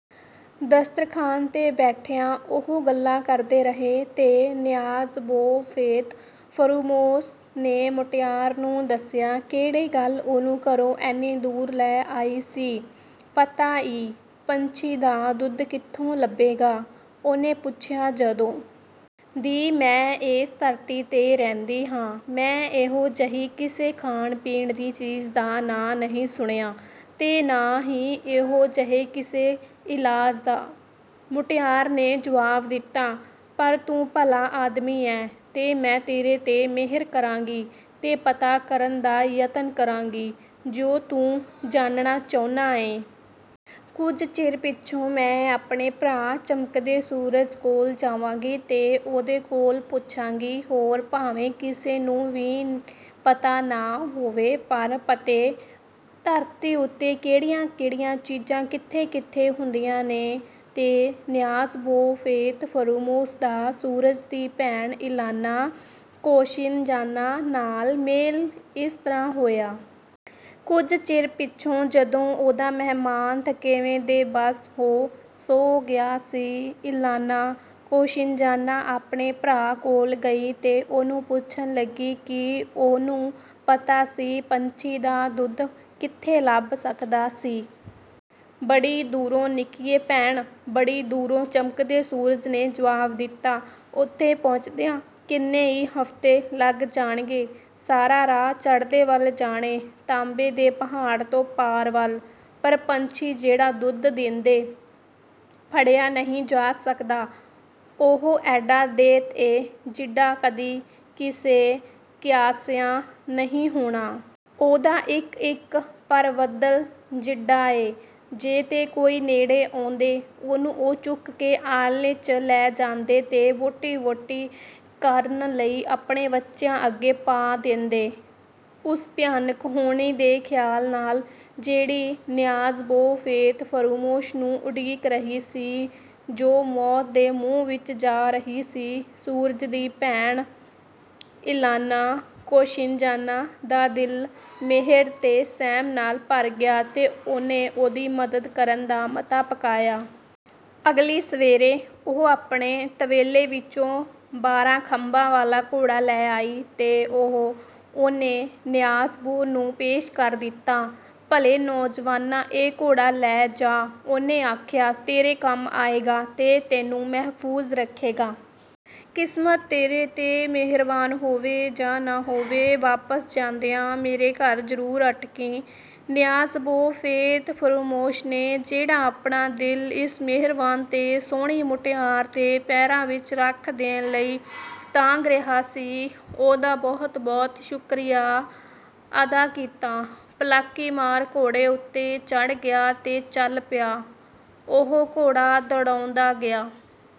ਦਸਤਰਖ਼ਾਨ 'ਤੇ ਬੈਠਿਆਂ, ਉਹ ਗੱਲਾਂ ਕਰਦੇ ਰਹੇ ਤੇ ਨਿਆਜ਼-ਬੋ ਫ਼ੇਤ-ਫ਼ਰੂਮੋਸ ਨੇ ਮੁਟਿਆਰ ਨੂੰ ਦੱਸਿਆ, ਕਿਹੜੀ ਗੱਲ ਉਹਨੂੰ ਘਰੋਂ ਏਨੀ ਦੂਰ ਲੈ ਆਈ ਸੀ। "ਪਤਾ ਈ, ਪੰਛੀ ਦਾ ਦੁੱਧ ਕਿੱਥੋਂ ਲੱਭੇਗਾ?" ਉਹਨੇ ਪੁੱਛਿਆ। "ਜਦੋਂ ਦੀ ਮੈਂ ਏਸ ਧਰਤੀ 'ਤੇ ਰਹਿੰਦੀ ਆਂ, ਮੈਂ ਇਹੋ ਜਿਹੀ ਕਿਸੇ ਖਾਣ-ਪੀਣ ਦੀ ਚੀਜ਼ ਦਾ ਨਾਂ ਨਹੀਂ ਸੁਣਿਆ ਤੇ ਨਾ ਹੀ ਇਹੋ ਜਿਹੇ ਕਿਸੇ ਇਲਾਜ ਦਾ," ਮੁਟਿਆਰ ਨੇ ਜਵਾਬ ਦਿੱਤਾ, "ਪਰ ਤੂੰ ਭਲਾ ਆਦਮੀ ਏਂ, ਤੇ ਮੈਂ ਤੇਰੇ 'ਤੇ ਮਿਹਰ ਕਰਾਂਗੀ ਤੇ ਪਤਾ ਕਰਨ ਦਾ ਜਤਨ ਕਰਾਂਗੀ, ਜੋ ਤੂੰ ਜਾਣਨਾ ਚਾਹੁੰਨਾ ਏਂ। ਕੁਝ ਚਿਰ ਪਿੱਛੋਂ ਮੈਂ ਆਪਣੇ ਭਰਾ, ਚਮਕਦੇ ਸੂਰਜ, ਕੋਲ ਜਾਵਾਂਗੀ ਤੇ ਉਹਦੇ ਕੋਲੋਂ ਪੁੱਛਾਂਗੀ। ਹੋਰ ਭਾਵੇਂ ਕਿਸੇ ਨੂੰ ਵੀ ਪਤਾ ਨਾ ਹੋਵੇ, ਉਹਨੂੰ ਪਤੈ, ਧਰਤੀ ਉੱਤੇ ਕਿਹੜੀਆਂ-ਕਿਹੜੀਆਂ ਚੀਜ਼ਾਂ ਕਿੱਥੇ-ਕਿੱਥੇ ਹੁੰਦੀਆਂ ਨੇ।" ਤੇ ਨਿਆਜ਼-ਬੋ ਫ਼ੇਤ-ਫ਼ਰੂਮੋਸ ਦਾ ਸੂਰਜ ਦੀ ਭੈਣ, ਇਲਾਨਾ ਕੋਸਿਨਜ਼ਾਨਾ, ਨਾਲ ਮੇਲ ਇਸ ਤਰ੍ਹਾਂ ਹੋਇਆ। ਕੁਝ ਚਿਰ ਪਿੱਛੋਂ ਜਦੋਂ ਉਹਦਾ ਮਹਿਮਾਨ, ਥਕੇਵੇਂ ਦੇ ਵੱਸ ਹੋ, ਸੌ ਗਿਆ ਸੀ, ਇਲਾਨਾ ਕੋਸਿਨਜ਼ਾਨਾ ਆਪਣੇ ਭਰਾ ਕੋਲ ਗਈ ਤੇ ਉਹਨੂੰ ਪੁੱਛਣ ਲੱਗੀ, ਕੀ ਉਹਨੂੰ ਪਤਾ ਸੀ, ਪੰਛੀ ਦਾ ਦੁੱਧ ਕਿੱਥੇ ਲੱਭ ਸਕਦਾ ਸੀ। "ਬੜੀ ਦੂਰੋਂ, ਨਿੱਕੀਏ ਭੈਣੇ, ਬੜੀ ਦੂਰੋਂ," ਚਮਕਦੇ ਸੂਰਜ ਨੇ ਜਵਾਬ ਦਿੱਤਾ, "ਓਥੇ ਪਹੁੰਚਦਿਆਂ ਕਿੰਨੇ ਈ ਹਫ਼ਤੇ ਲੱਗ ਜਾਣਗੇ; ਸਾਰਾ ਰਾਹ ਚੜ੍ਹਦੇ ਵੱਲ ਜਾਣੈ, ਤਾਂਬੇ ਦੇ ਪਹਾੜ ਤੋਂ ਪਾਰ ਵੱਲ। ਪਰ ਪੰਛੀ ਜਿਹੜਾ ਦੁੱਧ ਦੇਂਦੈ, ਫੜਿਆ ਨਹੀਂ ਜਾ ਸਕਦਾ, ਉਹ ਏਡਾ ਦੈਂਤ ਏ, ਜਿੱਡਾ ਕਦੀ ਕਿਸੇ ਕਿਆਸਿਆ ਨਹੀਂ ਹੋਣਾ। ਉਹਦਾ ਇੱਕ-ਇੱਕ ਪਰ ਬੱਦਲ ਜਿੱਡਾ ਏ, ਤੇ ਜੇ ਕੋਈ ਨੇੜੇ ਆਉਂਦੈ, ਉਹਨੂੰ ਉਹ ਚੁੱਕ ਕੇ ਆਲ੍ਹਣੇ 'ਚ ਲੈ ਜਾਂਦੈ ਤੇ ਬੋਟੀ-ਬੋਟੀ ਕਰਨ ਲਈ ਆਪਣੇ ਬੱਚਿਆਂ ਅੱਗੇ ਪਾ ਦੇਂਦੈ।" ਉਸ ਭਿਆਨਕ ਹੋਣੀ ਦੇ ਖ਼ਿਆਲ ਨਾਲ, ਜਿਹੜੀ ਨਿਆਜ਼-ਬੋ ਫ਼ੇਤ-ਫ਼ਰੂਮੋਸ ਨੂੰ ਉਡੀਕ ਰਹੀ ਸੀ, ਜੋ ਮੌਤ ਦੇ ਮੂੰਹ ਵਿੱਚ ਜਾ ਰਿਹਾ ਸੀ, ਸੂਰਜ ਦੀ ਭੈਣ, ਇਲਾਨਾ ਕੋਸਿਨਜ਼ਾਨਾ, ਦਾ ਦਿਲ ਮਿਹਰ ਤੇ ਸਹਿਮ ਨਾਲ ਭਰ ਗਿਆ ਤੇ ਉਹਨੇ ਉਹਦੀ ਮਦਦ ਕਰਨ ਦਾ ਮਤਾ ਪਕਾਇਆ। ਅਗਲੀ ਸਵੇਰੇ, ਉਹ ਆਪਣੇ ਤਬੇਲੇ ਵਿੱਚੋਂ ਬਾਰ੍ਹਾਂ ਖੰਭਾਂ ਵਾਲਾ ਘੋੜਾ ਲੈ ਆਈ ਤੇ ਉਹ ਉਹਨੇ ਨਿਆਜ਼-ਬੋ ਨੂੰ ਪੇਸ਼ ਕਰ ਦਿੱਤਾ। "ਭਲੇ ਨੌਜਵਾਨਾ, ਇਹ ਘੋੜਾ ਲੈ ਜਾ," ਉਹਨੇ ਆਖਿਆ, "ਤੇਰੇ ਕੰਮ ਆਏਗਾ ਤੇ ਤੈਨੂੰ ਮਹਿਫ਼ੂਜ਼ ਰੱਖੇਗਾ। ਕਿਸਮਤ ਤੇਰੇ 'ਤੇ ਮਿਹਰਬਾਨ ਹੋਵੇ ਜਾਂ ਨਾ ਹੋਵੇ, ਵਾਪਸ ਜਾਂਦਿਆਂ ਮੇਰੇ ਘਰ ਜ਼ਰੂਰ ਅਟਕੀਂ।" ਨਿਆਜ਼-ਬੋ ਫ਼ੇਤ-ਫ਼ਰੂਮੋਸ ਨੇ, ਜਿਹੜਾ ਆਪਣਾ ਦਿਲ ਇਸ ਮਿਹਰਬਾਨ ਤੇ ਸੋਹਣੀ ਮੁਟਿਆਰ ਦੇ ਪੈਰਾਂ ਵਿੱਚ ਰੱਖ ਦੇਣ ਲਈ ਤਾਂਘ ਰਿਹਾ ਸੀ, ਉਹਦਾ ਬਹੁਤ-ਬਹੁਤ ਸ਼ੁਕਰੀਆ ਅਦਾ ਕੀਤਾ, ਪਲਾਕੀ ਮਾਰ ਘੋੜੇ ਉੱਤੇ ਚੜ੍ਹ ਗਿਆ ਤੇ ਚੱਲ ਪਿਆ। ਉਹ ਘੋੜਾ ਦੁੜਾਉਂਦਾ ਗਿਆ।